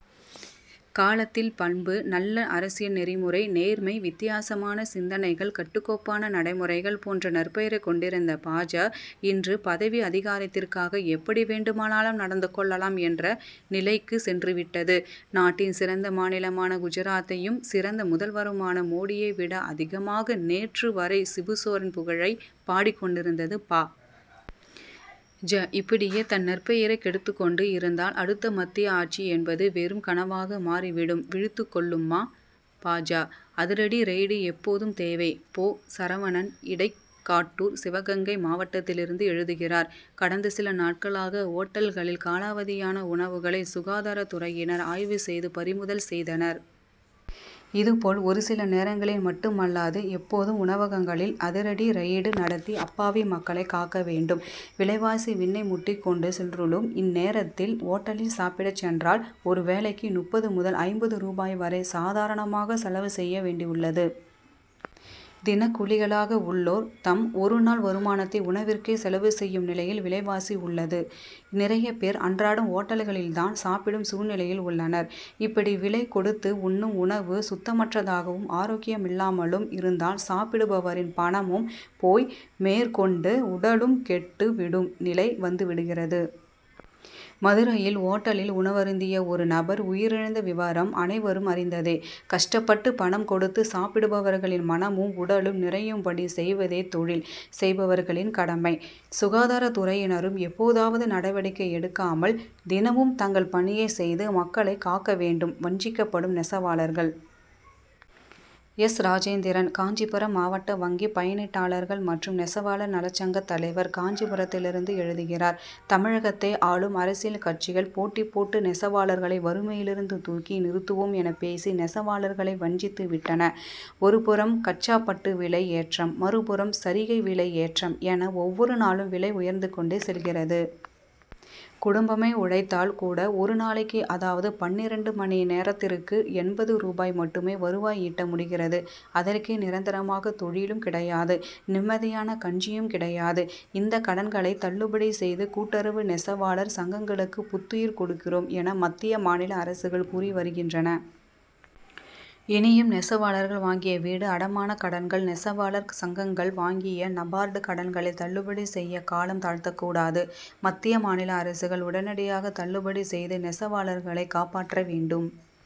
காலத்தில் பண்பு நல்ல அரசியல் நெறிமுறை நேர்மை வித்தியாசமான சிந் தனைகள் கட்டுக்கோப் பான நடைமுறைகள் போன்ற நற்பெயரை கொண் டிருந்த பா. ஜ. இன்று பதவி அதிகாரத்திற்காக எப்படி வேண்டுமானாலும் நடந்து கொள்ளலாம் என்ற நிலைக்கு சென்று விட்டது. நாட்டின் சிறந்த மாநிலமான குஜராத்தையும் சிறந்த முதல்வருமான மோடியை விட அதிகமாக நேற்று வரை சிபுசோரன் புகழை பாடிக் கொண்டிருந்தது பா. ஜ. இப்படியே தன் நற்பெயரை கெடுத்து கொண்டு இருந்தால் அடுத்த மத்திய ஆட்சி என்பது வெறும் கனவாக மாறிவிடும். விழித்துக் கொள்ளுமா பா. ஜ.? அதிரடி ரெய்டு எப்போதும் தேவை! போ. சரவணன் இடைக் காட்டூர் சிவகங்கை மாவட் டத்திலிருந்து எழுதுகிறார்: கடந்த சில நாட்களாக ஓட் டல்களில் காலாவதியான உணவுகளை சுகாதாரத் துறையினர் ஆய்வு செய்து பறிமுதல் செய்தனர். இது போல் ஒரு சில நேரங்களில் மட்டுமல்லாது எப்போதும் உணவகங்களில் அதிரடி ரெய்டு நடத்தி அப்பாவி மக்களை காக்க வேண்டும். விலைவாசி விண்ணை முட்டிக் கொண்டு செல் ருலும் இந்நேரத்தில் ஓட்டலில் சாப்பிடச் சென்றால் ஒரு வேலைக்கு முப்பது முதல் ஐம்பது ரூபாய் வரை சாதாரணமாக செலவு செய்ய வேண்டி உள்ளது. தினக் கூலிகளாக உள்ளோர் தம் ஒரு நாள் வருமானத்தை உணவிற்கே செலவு செய்யும் நிலையில் விலைவாசி உள்ளது. நிறைய பேர் அன்றாடம் ஓட்டல்களில் தான் சாப்பிடும் சூழ்நிலையில் உள்ளனர். இப்படி விலை கொடுத்து உண்ணும் உணவு சுத்தமற்றதாகவும் ஆரோக்கியமில்லாமலும் இருந்தால் சாப்பிடுபவரின் பணமும் போய் மேற்கொண்டு உடலும் கெட்டு விடும் நிலை வந்து விடுகிறது. மதுரையில் ஓட்டலில் உணவருந்திய ஒரு நபர் உயிரிழந்த விவரம் அனைவரும் அறிந்ததே. கஷ்டப்பட்டு பணம் கொடுத்து சாப்பிடுபவர்களின் மனமும் உடலும் நிறையும்படி செய்வதே தொழில் செய்பவர்களின் கடமை. சுகாதாரத் துறையினரும் எப்போதாவது நடவடிக்கை எடுக்காமல் தினமும் தங்கள் பணியை செய்து மக்களை காக்க வேண்டும். வஞ்சிக்கப்படும் நெசவாளர்கள்! எஸ். ராஜேந்திரன் காஞ்சிபுரம் மாவட்ட வங்கி பயனீட்டாளர்கள் மற்றும் நெசவாளர் நலச்சங்கத் தலைவர் காஞ்சிபுரத்திலிருந்து எழுதுகிறார்: தமிழகத்தை ஆளும் அரசியல் கட்சிகள் போட்டி போட்டு நெசவாளர்களை வறுமையிலிருந்து தூக்கி நிறுத்துவோம் என பேசி நெசவாளர்களை வஞ்சித்து விட்டன. ஒரு புறம் கச்சாபட்டு விலை ஏற்றம் மறுபுறம் சரிகை விலை ஏற்றம் என ஒவ்வொரு நாளும் விலை உயர்ந்து கொண்டே செல்கிறது. குடும்பமே உழைத்தால் கூட ஒரு நாளைக்கு அதாவது பன்னிரண்டு மணி நேரத்திற்கு எண்பது ரூபாய் மட்டுமே வருவாய் ஈட்ட முடிகிறது. அதற்கே நிரந்தரமாக தொழிலும் கிடையாது நிம்மதியான கஞ்சியும் கிடையாது. இந்த கடன்களை தள்ளுபடி செய்து கூட்டுறவு நெசவாளர் சங்கங்களுக்கு புத்துயிர் கொடுக்கிறோம் என மத்திய மாநில அரசுகள் கூறி வருகின்றன. இனியும் நெசவாளர்கள் வாங்கிய வீடு அடமானக் கடன்கள் நெசவாளர் சங்கங்கள் வாங்கிய நபார்டு கடன்களை தள்ளுபடி செய்ய காலம் தாழ்த்தக் கூடாது. மத்திய மாநில அரசுகள் உடனடியாக தள்ளுபடி செய்து நெசவாளர்களை காப்பாற்ற வேண்டும்.